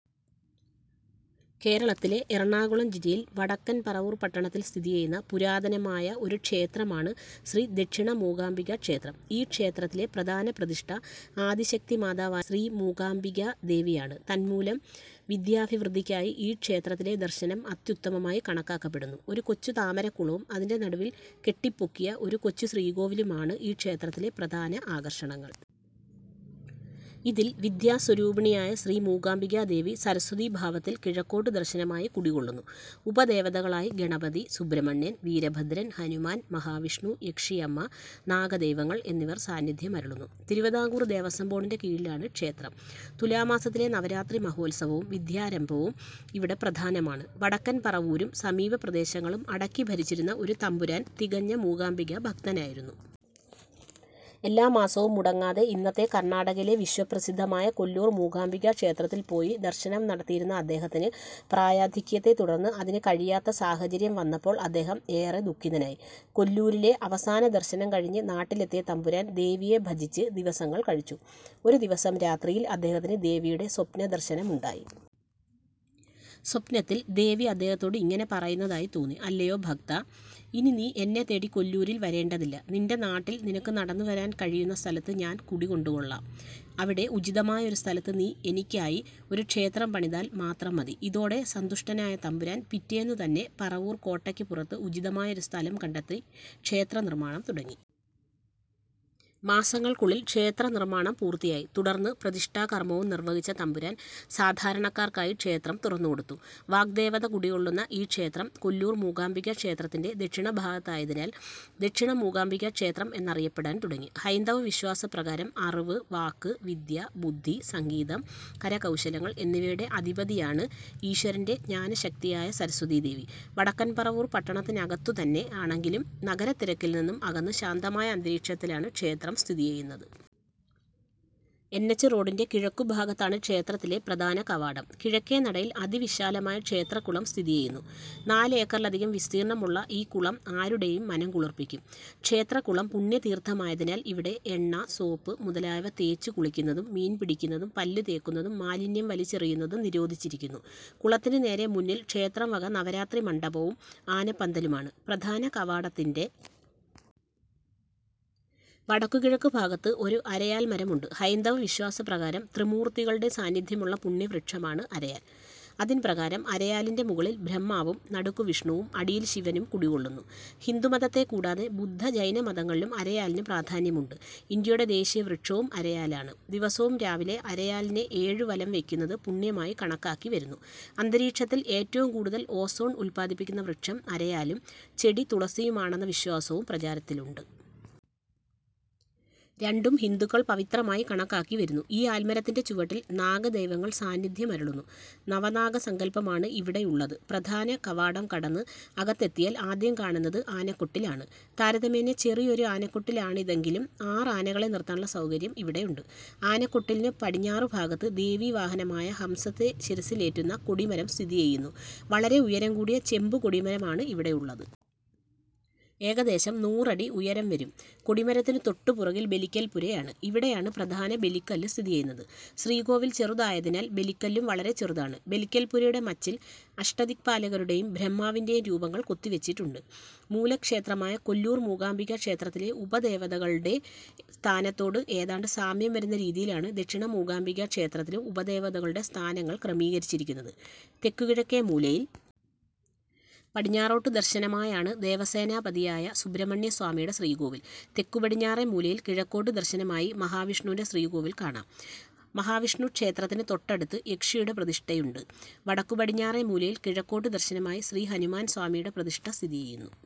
കേരളത്തിലെ എറണാകുളം ജില്ലയിൽ വടക്കൻ പറവൂർ പട്ടണത്തിൽ സ്ഥിതിചെയ്യുന്ന പുരാതനമായ ഒരു ക്ഷേത്രമാണ് ശ്രീ ദക്ഷിണമൂകാംബികാക്ഷേത്രം. ഈ ക്ഷേത്രത്തിലെ പ്രധാന പ്രതിഷ്ഠ ആദിശക്തിമാതാവായ ശ്രീമൂകാംബികാദേവിയാണ്. തന്മൂലം വിദ്യാഭിവൃദ്ധിക്കായി ഈ ക്ഷേത്രത്തിലെ ദർശനം അത്യുത്തമമായി കണക്കാക്കപ്പെടുന്നു. ഒരു കൊച്ചു താമരക്കുളവും അതിൻ്റെ നടുവിൽ കെട്ടിപ്പൊക്കിയ ഒരു കൊച്ചുശ്രീകോവിലുമാണ് ഈ ക്ഷേത്രത്തിലെ പ്രധാന ആകർഷണങ്ങൾ. ഇതിൽ വിദ്യാസ്വരൂപിണിയായ ശ്രീമൂകാംബികാദേവി സരസ്വതീഭാവത്തിൽ കിഴക്കോട്ട് ദർശനമായി കുടികൊള്ളുന്നു. ഉപദേവതകളായി ഗണപതി, സുബ്രഹ്മണ്യൻ, വീരഭദ്രൻ, ഹനുമാൻ, മഹാവിഷ്ണു, യക്ഷിയമ്മ, നാഗദൈവങ്ങൾ എന്നിവർ സാന്നിധ്യമരുളുന്നു. തിരുവിതാംകൂർ ദേവസ്വം ബോർഡിൻ്റെ കീഴിലാണ് ക്ഷേത്രം. തുലാമാസത്തിലെ നവരാത്രിമഹോത്സവവും വിദ്യാരംഭവും ഇവിടെ പ്രധാനമാണ്. വടക്കൻ പറവൂരും സമീപപ്രദേശങ്ങളും അടക്കിഭരിച്ചിരുന്ന ഒരു തമ്പുരാൻ തികഞ്ഞ മൂകാംബികാഭക്തനായിരുന്നു. എല്ലാ മാസവും മുടങ്ങാതെ ഇന്നത്തെ കർണാടകയിലെ വിശ്വപ്രസിദ്ധമായ കൊല്ലൂർ മൂകാംബികാക്ഷേത്രത്തിൽ പോയി ദർശനം നടത്തിയിരുന്ന അദ്ദേഹത്തിന് പ്രായാധിക്യത്തെത്തുടർന്ന് അതിന് കഴിയാത്ത സാഹചര്യം വന്നപ്പോൾ അദ്ദേഹം ഏറെ ദുഃഖിതനായി. കൊല്ലൂരിലെ അവസാനദർശനം കഴിഞ്ഞ് നാട്ടിലെത്തിയ തമ്പുരാൻ ദേവിയെ ഭജിച്ച് ദിവസങ്ങൾ കഴിച്ചു. ഒരു ദിവസം രാത്രിയിൽ അദ്ദേഹത്തിന് ദേവിയുടെ സ്വപ്നദർശനമുണ്ടായി. സ്വപ്നത്തിൽ ദേവി അദ്ദേഹത്തോട് ഇങ്ങനെ പറയുന്നതായി തോന്നി .അല്ലയോ ഭക്താ, ഇനി നീ എന്നെത്തേടി കൊല്ലൂരിൽ വരേണ്ടതില്ല. നിൻ്റെ നാട്ടിൽ, നിനക്ക് നടന്നുവരാൻ കഴിയുന്ന സ്ഥലത്ത് ഞാൻ കുടികൊണ്ടുകൊള്ളാം. അവിടെ ഉചിതമായ ഒരു സ്ഥലത്ത് നീ എനിക്കായി ഒരു ക്ഷേത്രം പണിതാൽ മാത്രം മതി. ഇതോടെ സന്തുഷ്ടനായ തമ്പുരാൻ പിറ്റേന്നുതന്നെ പറവൂർ കോട്ടയ്ക്ക് പുറത്ത് ഉചിതമായ ഒരു സ്ഥലം കണ്ടെത്തി ക്ഷേത്രനിർമ്മാണം തുടങ്ങി. മാസങ്ങൾക്കുള്ളിൽ ക്ഷേത്രനിർമ്മാണം പൂർത്തിയായി. തുടർന്ന് പ്രതിഷ്ഠാകർമവും നിർവഹിച്ച തമ്പുരാൻ സാധാരണക്കാർക്കായി ക്ഷേത്രം തുറന്നുകൊടുത്തു. വാഗ്ദേവത കുടികൊള്ളുന്ന ഈ ക്ഷേത്രം കൊല്ലൂർ മൂകാംബികാക്ഷേത്രത്തിൻ്റെ ദക്ഷിണഭാഗത്തായതിനാൽ ദക്ഷിണമൂകാംബികാക്ഷേത്രം എന്നറിയപ്പെടാൻ തുടങ്ങി. ഹൈന്ദവവിശ്വാസപ്രകാരം അറിവ്, വാക്ക്, വിദ്യ, ബുദ്ധി, സംഗീതം, കരകൗശലങ്ങൾ എന്നിവയുടെ അധിപതിയാണ് ഈശ്വരൻ്റെ ജ്ഞാനശക്തിയായ സരസ്വതീദേവി. വടക്കൻ പറവൂർ പട്ടണത്തിനകത്തുതന്നെയാണെങ്കിലും നഗരത്തിരക്കിൽനിന്ന് അകന്ന് ശാന്തമായ അന്തരീക്ഷത്തിലാണ് ക്ഷേത്രം സ്ഥിതിചെയ്യുന്നത്. എൻ. എച്ച്. റോഡിൻ്റെ കിഴക്കുഭാഗത്താണ് ക്ഷേത്രത്തിലെ പ്രധാനകവാടം. കിഴക്കേനടയിൽ അതിവിശാലമായ ക്ഷേത്രക്കുളം സ്ഥിതിചെയ്യുന്നു. നാലേക്കറിലധികം വിസ്തീർണമുള്ള ഈ കുളം ആരുടെയും മനം കുളിർപ്പിക്കും. ക്ഷേത്രക്കുളം പുണ്യതീർഥമായതിനാൽ ഇവിടെ എണ്ണ, സോപ്പ് മുതലായവ തേച്ചുകുളിക്കുന്നതും മീൻപിടിക്കുന്നതും പല്ലുതേക്കുന്നതും മാലിന്യം വലിച്ചെറിയുന്നതും നിരോധിച്ചിരിക്കുന്നു. കുളത്തിന് നേരെ മുന്നിൽ ക്ഷേത്രം വക നവരാത്രിമണ്ഡപവും ആനപ്പന്തലുമാണ്. പ്രധാനകവാടത്തിൻ്റെ വടക്കുകിഴക്കുഭാഗത്ത് ഒരു അരയാൽമരമുണ്ട്. ഹൈന്ദവവിശ്വാസപ്രകാരം ത്രിമൂർത്തികളുടെ സാന്നിധ്യമുള്ള പുണ്യവൃക്ഷമാണ് അരയാൽ. അതിൻപ്രകാരം അരയാലിൻ്റെ മുകളിൽ ബ്രഹ്മാവും നടുക്ക് വിഷ്ണുവും അടിയിൽ ശിവനും കുടികൊള്ളുന്നു. ഹിന്ദുമതത്തെക്കൂടാതെ ബുദ്ധ-ജൈനമതങ്ങളിലും അരയാലിന് പ്രാധാന്യമുണ്ട്. ഇന്ത്യയുടെ ദേശീയവൃക്ഷവും അരയാലാണ്. ദിവസവും രാവിലെ അരയാലിനെ ഏഴുവലം വയ്ക്കുന്നത് പുണ്യമായി കണക്കാക്കിവരുന്നു. അന്തരീക്ഷത്തിൽ ഏറ്റവും കൂടുതൽ ഓസോൺ ഉത്പാദിപ്പിക്കുന്ന വൃക്ഷം അരയാലും ചെടി തുളസിയുമാണെന്ന വിശ്വാസവും പ്രചാരത്തിലുണ്ട്. രണ്ടും ഹിന്ദുക്കൾ പവിത്രമായി കണക്കാക്കിവരുന്നു.ഈ ആൽമരത്തിൻ്റെ ചുവട്ടിൽ നാഗദൈവങ്ങൾ സാന്നിധ്യമരുളുന്നു. നവനാഗസങ്കൽപ്പമാണ് ഇവിടെയുള്ളത്. പ്രധാനകവാടം കടന്ന് അകത്തെത്തിയാൽ ആദ്യം കാണുന്നത് ആനക്കൊട്ടിലാണ്. താരതമ്യേന ചെറിയൊരു ആനക്കൊട്ടിലാണിതെങ്കിലും ആറ് ആനകളെ നിർത്താനുള്ള സൗകര്യം ഇവിടെയുണ്ട്. ആനക്കൊട്ടിലിന് പടിഞ്ഞാറുഭാഗത്ത് ദേവീവാഹനമായ ഹംസത്തെ ശിരസ്സിലേറ്റുന്ന കൊടിമരം സ്ഥിതിചെയ്യുന്നു. വളരെ ഉയരം കൂടിയ ചെമ്പുകൊടിമരമാണ് ഇവിടെയുള്ളത്. ഏകദേശം നൂറടി ഉയരം വരും. കൊടിമരത്തിന് തൊട്ടുപുറകിൽ ബലിക്കൽപ്പുരയാണ്. ഇവിടെയാണ് പ്രധാന ബലിക്കല്ല് സ്ഥിതിചെയ്യുന്നത്. ശ്രീകോവിൽ ചെറുതായതിനാൽ ബലിക്കല്ലും വളരെ ചെറുതാണ്. ബലിക്കൽപ്പുരയുടെ മച്ചിൽ അഷ്ടദിക്പാലകരുടെയും ബ്രഹ്മാവിൻ്റെ യും രൂപങ്ങൾ കൊത്തിവച്ചിട്ടുണ്ട്. മൂലക്ഷേത്രമായ കൊല്ലൂർ മൂകാംബികാക്ഷേത്രത്തിലെ ഉപദേവതകളുടെ സ്ഥാനത്തോട് ഏതാണ്ട് സാമ്യം വരുന്ന രീതിയിലാണ് ദക്ഷിണമൂകാംബികാക്ഷേത്രത്തിലും ഉപദേവതകളുടെ സ്ഥാനങ്ങൾ ക്രമീകരിച്ചിരിക്കുന്നത്. തെക്കുകിഴക്കേമൂലയിൽ പടിഞ്ഞാറോട്ട് ദർശനമായാണ് ദേവസേനാപതിയായ സുബ്രഹ്മണ്യസ്വാമിയുടെ ശ്രീകോവിൽ. തെക്കുപടിഞ്ഞാറേമൂലയിൽ കിഴക്കോട്ട് ദർശനമായി മഹാവിഷ്ണുവിൻ്റെ ശ്രീകോവിൽ കാണാം. മഹാവിഷ്ണുക്ഷേത്രത്തിന് തൊട്ടടുത്ത് യക്ഷിയുടെ പ്രതിഷ്ഠയുണ്ട്. വടക്കുപടിഞ്ഞാറേമൂലയിൽ കിഴക്കോട്ട് ദർശനമായി ശ്രീഹനുമാൻസ്വാമിയുടെ പ്രതിഷ്ഠ സ്ഥിതിചെയ്യുന്നു.